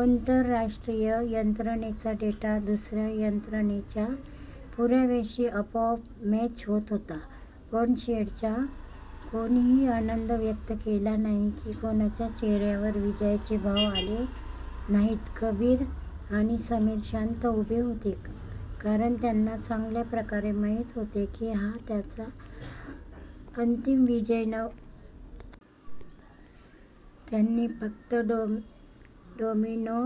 आंतरराष्ट्रीय यंत्रणेचा डेटा दुसऱ्या यंत्रणेच्या पुराव्याशी आपोआप मॅच होत होता. पण शेडमध्ये कोणीही आनंद व्यक्त केला नाही, की कोणाच्या चेहऱ्यावर विजयाचे भाव आले नाहीत. कबीर आणि समीर शांत उभे होते. कारण त्यांना चांगल्या प्रकारे माहीत होते की हा त्यांचा अंतिम विजय नव्हता; तो केवळ एका मोठ्या वादळाचा ट्रिगर होता. त्यांनी फक्त डोमिनो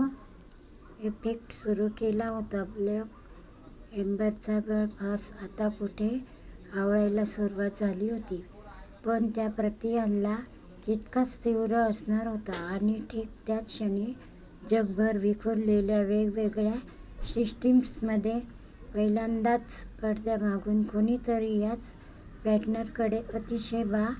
इफेक्ट सुरू केला होता. ब्लॅक एम्बरचा गळफास आत्ता कुठे आवळायला सुरुवात झाली होती, पण त्याचा प्रतिहल्ला तितकाच तीव्र असणार होता. आणि ठीक त्याच क्षणी, जगभर विखुरलेल्या वेगवेगळ्या सिस्टीम्समध्ये पहिल्यांदाच पडद्यामागून कोणीतरी याच पॅटर्नकडे अतिशय बारकाईने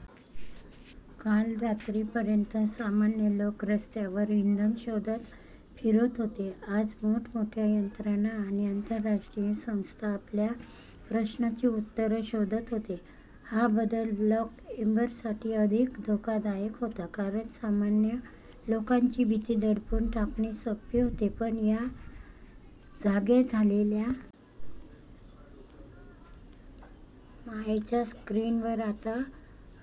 पाहायला सुरुवात केली होती. काल रात्रीपर्यंत सामान्य लोक रस्त्यावर इंधन शोधत फिरत होते. आज मोठमोठ्या यंत्रणा आणि आंतरराष्ट्रीय संस्था आपल्या प्रश्नांची उत्तरे शोधत होत्या. हा बदल ब्लॅक एम्बरसाठी अधिक धोकादायक होता. कारण सामान्य लोकांची भीती दडपून टाकणे सोपे होते, पण या जाग्या झालेल्या यंत्रणांना रोखणे त्यांच्या हाताबाहेरचे होते. मायाच्या स्क्रीनवर आता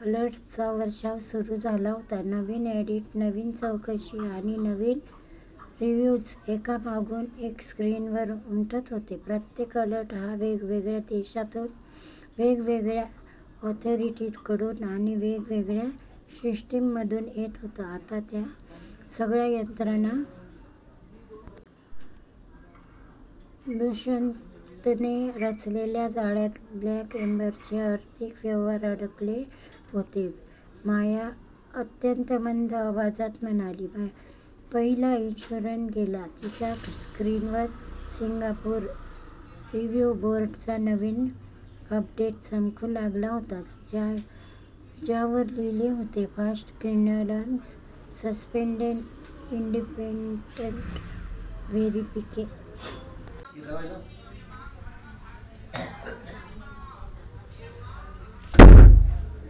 अलर्ट्सचा वर्षाव सुरू झाला होता. नवीन ऑडिट, नवीन चौकशी आणि नवीन रिव्ह्यूज एकामागून एक स्क्रीनवर उमटत होते. प्रत्येक अलर्ट हा वेगवेगळ्या देशातून, वेगवेगळ्या ऑथॉरिटीकडून आणि वेगवेगळ्या सिस्टीममधून येत होता. आता त्या सगळ्या यंत्रणा एकाच पॅटर्नचा अभ्यास करत होत्या. दुष्यंतने रचलेल्या जाळ्यात ब्लॅक एम्बरचे आर्थिक व्यवहार अडकले होते. माया अत्यंत मंद आवाजात म्हणाली, "पहिला इन्शुरर गेला. " तिच्या स्क्रीनवर सिंगापूर रिव्ह्यू बोर्डचा नवीन अपडेट चमकू लागला होता, ज्यावर लिहिले होते fast clearance suspended, independent verification required.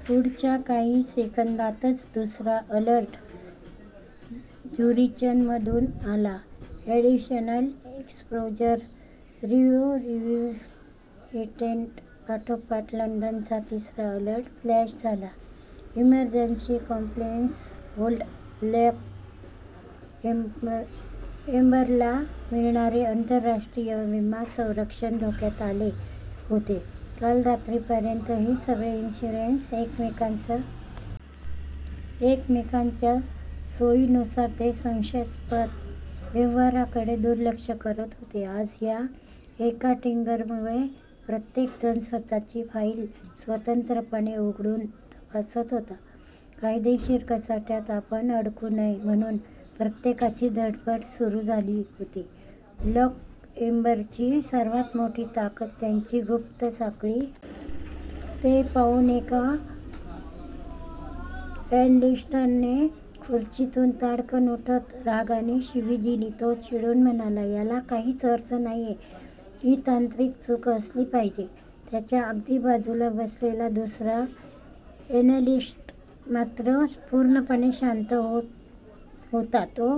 पुढच्या काही सेकंदांतच दुसरा अलर्ट झुरिचमधून आला ऍडिशनल एक्स्पोजर रिव्ह्यू रिक्व्हेस्टेड. पाठोपाठ लंडनचा तिसरा अलर्ट फ्लॅश झाला इमर्जन्सी कॉम्प्लायन्स होल्ड. ब्लॅक एम्बरला मिळणारे आंतरराष्ट्रीय विमा संरक्षण धोक्यात आले होते. काल रात्रीपर्यंत हे सगळे इन्शुरर्स एकमेकांच्या सिग्नल्सवर आणि अहवालांवर अवलंबून चालत होते. एकमेकांच्या सोयीनुसार ते संशयास्पद व्यवहारांकडे दुर्लक्ष करत होते. आज या एका ट्रिगरमुळे प्रत्येक जण स्वतःची फाईल स्वतंत्रपणे उघडून तपासत होता. कायदेशीर कचाट्यात आपण अडकू नये म्हणून प्रत्येकाची धडपड सुरू झाली होती. ब्लॅक एम्बरची सर्वात मोठी ताकद त्यांची गुप्त साखळी हीच होती. ते पाहून एका अॅनालिस्टने खुर्चीतून ताडकन उठत रागाने शिवी दिली. तो चिडून म्हणाला, "याला काहीच अर्थ नाहीये. ही तांत्रिक चूक असली पाहिजे. " त्याच्या अगदी बाजूला बसलेला दुसरा अॅनालिस्ट मात्र पूर्णपणे शांत होता. तो